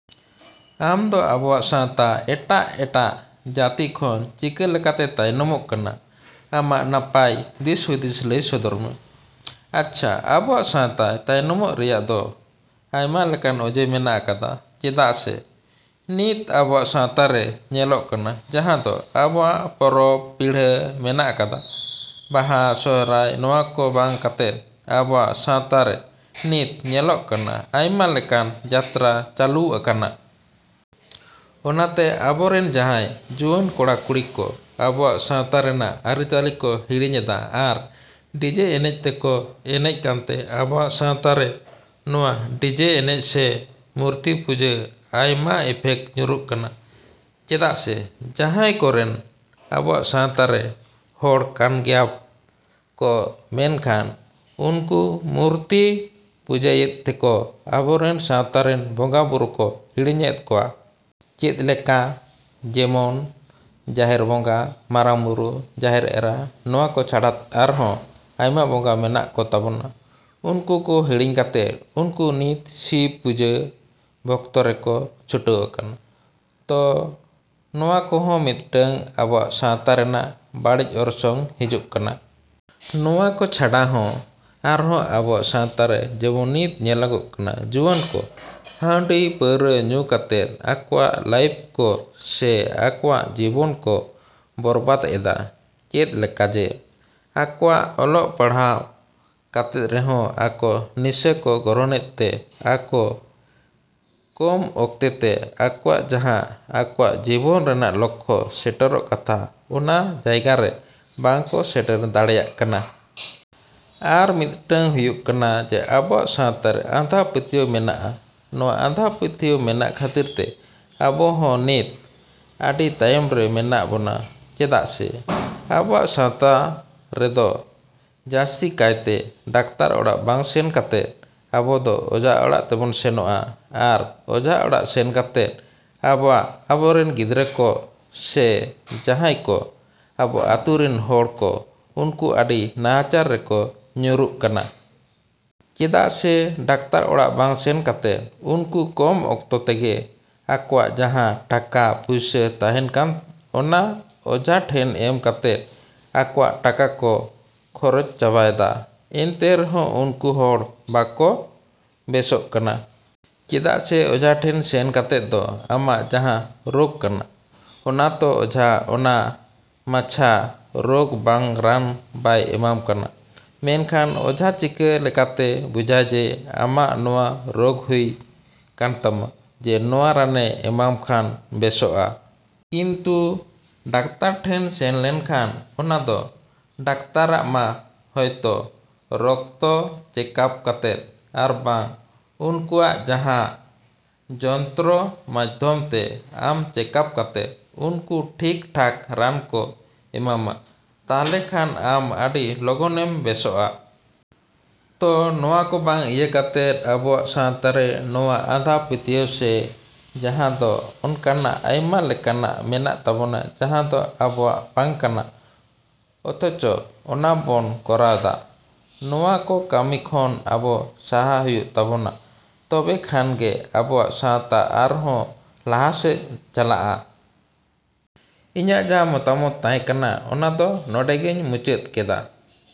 ᱟᱢᱫᱚ ᱟᱵᱚᱣᱟᱜ ᱥᱟᱶᱛᱟ ᱮᱴᱟᱜ ᱮᱴᱟᱜ ᱡᱟᱹᱛᱤ ᱠᱷᱚᱱ ᱪᱤᱠᱟᱹ ᱞᱮᱠᱟᱛᱮ ᱛᱟᱭᱱᱚᱢᱚᱜ ᱠᱟᱱᱟ? ᱟᱢᱟᱜ ᱱᱟᱯᱟᱭ ᱫᱤᱥᱦᱩᱫᱤᱥ ᱞᱟᱹᱭ ᱥᱚᱫᱚᱨ ᱢᱮ᱾ ᱟᱪᱪᱷᱟ, ᱟᱵᱚᱣᱟᱜ ᱥᱟᱶᱛᱟ ᱛᱟᱭᱚᱢᱚᱜ ᱨᱮᱭᱟᱜ ᱫᱚ ᱟᱭᱢᱟ ᱞᱮᱠᱟᱱ ᱚᱡᱮ ᱢᱮᱱᱟᱜ ᱟᱠᱟᱫᱟ᱾ ᱪᱮᱫᱟᱜ ᱥᱮ ᱱᱤᱛ ᱟᱵᱚᱣᱟᱜ ᱥᱟᱶᱛᱟᱨᱮ ᱧᱮᱞᱚᱜ ᱠᱟᱱᱟ ᱡᱟᱦᱟᱸ ᱫᱚ ᱟᱵᱚᱣᱟᱜ ᱯᱚᱨᱚᱵᱽ ᱯᱤᱲᱦᱟᱹ ᱢᱮᱱᱟᱜ ᱟᱠᱟᱫᱟ, ᱵᱟᱦᱟ, ᱥᱚᱦᱚᱨᱟᱭ, ᱱᱚᱣᱟ ᱠᱚ ᱵᱟᱝ ᱠᱟᱛᱮᱫ ᱟᱵᱚᱣᱟᱜ ᱥᱟᱶᱛᱟᱨᱮ ᱱᱤᱛ ᱧᱮᱞᱚᱜ ᱠᱟᱱᱟ ᱟᱭᱢᱟ ᱞᱮᱠᱟᱱ ᱡᱟᱛᱨᱟ ᱪᱟᱹᱞᱩᱣ ᱟᱠᱟᱱᱟ᱾ ᱚᱱᱟᱛᱮ ᱟᱵᱚᱨᱮᱱ ᱡᱟᱦᱟᱸᱭ ᱡᱩᱣᱟᱹᱱ ᱠᱚᱲᱟ ᱠᱩᱲᱤ ᱠᱚ ᱟᱵᱚᱣᱟᱜ ᱥᱟᱶᱛᱟ ᱨᱮᱱᱟᱜ ᱟᱹᱨᱤᱪᱟᱞᱤ ᱠᱚ ᱦᱤᱲᱤᱧᱮᱫᱟ ᱟᱨ ᱰᱤᱡᱮ ᱮᱱᱮᱡ ᱛᱮᱠᱚ ᱮᱱᱮᱡ ᱠᱟᱱᱛᱮ ᱟᱵᱚᱣᱟᱜ ᱥᱟᱶᱛᱟᱨᱮ ᱱᱚᱣᱟ ᱰᱤᱡᱮ ᱮᱱᱮᱡ ᱥᱮ ᱢᱩᱨᱛᱤᱯᱩᱡᱟ ᱟᱭᱢᱟ ᱤᱯᱷᱮᱠᱴ ᱧᱩᱨᱩᱜ ᱠᱟᱱᱟ᱾ ᱪᱮᱫᱟᱜ ᱥᱮ ᱡᱟᱦᱟᱭ ᱠᱚᱨᱮᱱ ᱟᱵᱚᱣᱟᱜ ᱥᱟᱶᱛᱟᱨᱮᱱ ᱦᱚᱲ ᱠᱟᱱᱜᱮᱭᱟ ᱠᱚ, ᱢᱮᱱᱠᱷᱟᱱ ᱩᱱᱠᱩ ᱢᱩᱨᱛᱤ ᱯᱩᱡᱟᱹᱭᱮᱫ ᱛᱮᱠᱚ ᱟᱵᱚᱨᱮᱱ ᱥᱟᱶᱛᱟᱨᱮᱱ ᱵᱚᱸᱜᱟ ᱵᱩᱨᱩ ᱠᱚ ᱦᱤᱲᱤᱧᱮᱫ ᱠᱚᱣᱟ᱾ ᱪᱮᱫ ᱞᱮᱠᱟ ᱡᱮᱢᱚᱱ ᱡᱟᱦᱮᱨ ᱵᱚᱸᱜᱟ, ᱢᱟᱨᱟᱝ ᱵᱩᱨᱩ, ᱡᱟᱦᱮᱨ ᱮᱨᱟ, ᱱᱚᱣᱟ ᱠᱚ ᱪᱷᱟᱲᱟ ᱟᱨᱦᱚᱸ ᱟᱭᱢᱟ ᱵᱚᱸᱜᱟ ᱢᱮᱱᱟᱜ ᱠᱚ ᱛᱟᱵᱚᱱᱟ᱾ ᱱᱩᱠᱩ ᱠᱚ ᱦᱤᱲᱤᱧ ᱠᱟᱛᱮᱫ ᱩᱱᱠᱩ ᱱᱤᱛ ᱥᱤᱵ ᱯᱩᱡᱟᱹ ᱵᱷᱚᱠᱛᱚ ᱨᱮᱠᱚ ᱪᱷᱩᱴᱟᱹᱣ ᱟᱠᱟᱱᱟ᱾ ᱛᱚ ᱱᱚᱣᱟ ᱠᱚᱦᱚᱸ ᱢᱤᱫᱴᱟᱝ ᱟᱵᱚᱣᱟᱜ ᱥᱟᱶᱛᱟ ᱨᱮᱱᱟᱜ ᱵᱟᱹᱲᱤᱡ ᱚᱨᱥᱚᱝ ᱦᱤᱡᱩᱜ ᱠᱟᱱᱟ᱾ ᱱᱚᱣᱟ ᱠᱚ ᱪᱷᱟᱲᱟ ᱦᱚᱸ ᱟᱨᱦᱚᱸ ᱟᱵᱚᱣᱟᱜ ᱥᱟᱶᱛᱟᱨᱮ ᱡᱮᱢᱚᱱ ᱱᱤᱛ ᱧᱮᱞᱚᱜ ᱠᱟᱱᱟ ᱡᱩᱣᱟᱹᱱ ᱠᱚ ᱦᱟᱺᱰᱤ ᱯᱟᱹᱣᱨᱟᱹ ᱧᱩ ᱠᱟᱛᱮᱫ ᱟᱠᱚᱣᱟᱜ ᱞᱟᱭᱤᱯᱷ ᱠᱚ ᱥᱮ ᱟᱠᱚᱣᱟᱜ ᱡᱤᱵᱚᱱ ᱠᱚ ᱵᱚᱨᱵᱟᱫᱽ ᱮᱫᱟ᱾ ᱪᱮᱫ ᱞᱮᱠᱟ ᱡᱮ ᱟᱠᱚᱣᱟᱜ ᱚᱞᱚᱜ ᱯᱟᱲᱦᱟᱣ ᱠᱟᱛᱮᱫ ᱨᱮᱦᱚᱸ ᱟᱠᱚ ᱱᱤᱥᱟᱹ ᱠᱚ ᱜᱨᱚᱦᱚᱱᱮᱫ ᱛᱮ ᱟᱠᱚ ᱠᱚᱢ ᱚᱠᱛᱚᱛᱮ ᱟᱠᱚᱣᱟᱜ ᱡᱟᱦᱟᱸ ᱟᱠᱚᱣᱟᱜ ᱡᱤᱵᱚᱱ ᱨᱮᱱᱟᱜ ᱞᱚᱠᱠᱷᱚ ᱥᱮᱴᱮᱨᱚᱜ ᱠᱟᱛᱷᱟ ᱚᱱᱟ ᱡᱟᱭᱜᱟ ᱨᱮ ᱵᱟᱝ ᱠᱚ ᱥᱮᱴᱮᱨ ᱫᱟᱲᱮᱭᱟᱜ ᱠᱟᱱᱟ᱾ ᱟᱨ ᱢᱤᱫᱴᱟᱝ ᱦᱩᱭᱩᱜ ᱠᱟᱱᱟ ᱡᱮ ᱟᱵᱚᱣᱟᱜ ᱥᱟᱶᱛᱟᱨᱮ ᱟᱸᱫᱷᱟᱯᱟᱹᱛᱭᱟᱹᱣ ᱢᱮᱱᱟᱜ-ᱟ᱾ ᱱᱚᱣᱟ ᱟᱸᱫᱷᱟᱯᱟᱹᱛᱭᱟᱹᱣ ᱢᱮᱱᱟᱜ ᱠᱷᱟᱹᱛᱤᱨᱛᱮ ᱟᱵᱚ ᱦᱚᱸ ᱱᱤᱛ ᱟᱹᱰᱤ ᱛᱟᱭᱚᱢ ᱨᱮ ᱢᱮᱱᱟᱜ ᱵᱚᱱᱟ᱾ ᱪᱮᱫᱟᱜ ᱥᱮ ᱟᱵᱚᱣᱟᱜ ᱥᱟᱶᱛᱟᱨᱮ ᱫᱚ ᱡᱟᱥᱛᱤ ᱠᱟᱭᱛᱮ ᱰᱟᱠᱛᱟᱨ ᱚᱲᱟᱜ ᱵᱟᱝ ᱥᱮᱱ ᱠᱟᱛᱮᱫ ᱟᱵᱚ ᱫᱚ ᱚᱡᱷᱟ ᱚᱲᱟᱜ ᱛᱮᱵᱚᱱ ᱥᱮᱱᱚᱜ-ᱟ ᱟᱨ ᱚᱡᱷᱟ ᱚᱲᱟᱜ ᱥᱮᱱ ᱠᱟᱛᱮᱫ ᱟᱵᱚᱣᱟᱜ ᱟᱵᱚᱨᱮᱱ ᱜᱤᱫᱽᱨᱟᱹ ᱠᱚ ᱥᱮ ᱡᱟᱦᱟᱭ ᱠᱚ ᱟᱵᱚ ᱟᱹᱛᱩ ᱨᱮᱱ ᱦᱚᱲ ᱠᱚ ᱩᱱᱠᱩ ᱟᱹᱰᱤ ᱱᱟᱦᱟᱪᱟᱨ ᱨᱮᱠᱚ ᱧᱩᱨᱩᱜ ᱠᱟᱱᱟ᱾ ᱪᱮᱫᱟᱜ ᱥᱮ ᱰᱟᱠᱛᱟᱨ ᱚᱲᱟᱜ ᱵᱟᱝ ᱥᱮᱱ ᱠᱟᱛᱮᱫ ᱩᱱᱠᱩ ᱠᱚᱢ ᱚᱠᱛᱚ ᱛᱮᱜᱮ ᱟᱠᱚᱣᱟᱜ ᱡᱟᱦᱟᱸ ᱴᱟᱠᱟ ᱯᱚᱭᱥᱟ ᱛᱟᱦᱮᱱ ᱠᱟᱱ ᱚᱱᱟ ᱚᱡᱷᱟ ᱴᱷᱮᱱ ᱮᱢ ᱠᱟᱛᱮᱫ ᱟᱠᱚᱣᱟᱜ ᱴᱟᱠᱟ ᱠᱚ ᱠᱷᱚᱨᱚᱪ ᱪᱟᱵᱟᱭᱫᱟ ᱮᱱᱛᱮ ᱨᱮᱦᱚᱸ ᱩᱱᱠᱩ ᱦᱚᱲ ᱵᱟᱠᱚ ᱵᱮᱥᱳᱜ ᱠᱟᱱᱟ᱾ ᱪᱮᱫᱟᱜ ᱥᱮ ᱚᱡᱷᱟᱴᱷᱮᱱ ᱥᱮᱱ ᱠᱟᱛᱮᱫ ᱫᱚ ᱟᱢᱟᱜ ᱡᱟᱦᱟᱸ ᱨᱳᱜᱽ ᱠᱟᱱᱟ ᱚᱱᱟᱛᱚ ᱚᱡᱷᱟ ᱚᱱᱟ ᱢᱟᱪᱷᱟ ᱨᱳᱜᱽ ᱵᱟᱝ ᱨᱟᱱ ᱵᱟᱭ ᱮᱢᱟᱢ ᱠᱟᱱᱟ᱾ ᱢᱮᱱᱠᱷᱟᱱ ᱚᱡᱷᱟ ᱪᱤᱠᱟᱹ ᱞᱮᱠᱟᱛᱮ ᱵᱩᱡᱟᱭ ᱡᱮ ᱟᱢᱟᱜ ᱱᱚᱣᱟ ᱨᱳᱜᱽ ᱦᱩᱭ ᱠᱟᱱᱛᱟᱢᱟ ᱡᱮ ᱱᱚᱣᱟ ᱨᱟᱱᱮ ᱮᱢᱟᱢ ᱠᱷᱟᱱ ᱵᱮᱥᱚᱜ-ᱟ᱾ ᱠᱤᱱᱛᱩ ᱰᱟᱠᱛᱟᱨ ᱴᱷᱮᱱ ᱥᱮᱱ ᱞᱮᱱᱠᱷᱟᱱ ᱚᱱᱟ ᱫᱚ ᱰᱟᱠᱛᱟᱨᱟᱜ ᱢᱟ ᱦᱚᱭᱛᱚ ᱨᱚᱠᱛᱚ ᱪᱮᱠᱟᱯ ᱠᱟᱛᱮᱫ ᱟᱨᱵᱟᱝ ᱩᱱᱠᱩᱣᱟᱜ ᱡᱟᱦᱟᱸ ᱡᱚᱱᱛᱨᱚ ᱢᱟᱫᱫᱷᱚᱢ ᱛᱮ ᱟᱢ ᱪᱮᱠᱟᱯ ᱠᱟᱛᱮᱫ ᱩᱱᱠᱩ ᱴᱷᱤᱠ ᱴᱷᱟᱠ ᱨᱟᱱ ᱠᱚ ᱮᱢᱟᱢᱟ᱾ ᱛᱟᱦᱞᱮ ᱠᱷᱟᱱ ᱟᱢ ᱟᱹᱰᱤ ᱞᱚᱜᱚᱱᱮᱢ ᱵᱮᱥᱚᱜ-ᱟ᱾ ᱛᱚ ᱱᱚᱣᱟ ᱠᱚ ᱵᱟᱝ ᱤᱭᱟᱹ ᱠᱟᱛᱮᱫ ᱟᱵᱚᱣᱟᱜ ᱥᱟᱶᱛᱟᱨᱮ ᱱᱚᱣᱟ ᱟᱸᱫᱷᱟ ᱯᱟᱹᱛᱭᱟᱹᱣ ᱥᱮ ᱡᱟᱦᱟᱸ ᱫᱚ ᱱᱚᱠᱟᱱᱟᱜ ᱟᱭᱢᱟ ᱞᱮᱠᱟᱱᱟᱜ ᱢᱮᱱᱟᱜ ᱛᱟᱵᱚᱱᱟ ᱡᱟᱦᱟᱸ ᱫᱚ ᱟᱵᱚᱣᱟᱜ ᱵᱟᱝ ᱠᱟᱱᱟ ᱚᱛᱷᱚᱪᱚ ᱚᱱᱟ ᱵᱚᱱ ᱠᱚᱨᱟᱣ ᱫᱟ᱾ ᱱᱚᱣᱟ ᱠᱚ ᱠᱟᱢᱤ ᱠᱷᱚᱱ ᱟᱵᱚ ᱥᱟᱦᱟ ᱦᱩᱭᱩᱜ ᱛᱟᱵᱚᱱᱟ ᱛᱚᱵᱮ ᱠᱷᱟᱱ ᱜᱮ ᱟᱵᱚᱣᱟᱜ ᱥᱟᱶᱛᱟ ᱟᱨᱦᱚᱸ ᱞᱟᱦᱟᱥᱮᱡ ᱪᱟᱞᱟᱜ-ᱟ᱾ ᱤᱧᱟᱜ ᱡᱟᱦᱟᱸ ᱢᱚᱛᱟᱢᱚᱛ ᱛᱟᱦᱮ ᱠᱟᱱᱟ ᱚᱱᱟ ᱫᱚ ᱱᱚᱰᱮᱜᱮᱧ ᱢᱩᱪᱟᱹᱫ ᱠᱮᱫᱟ᱾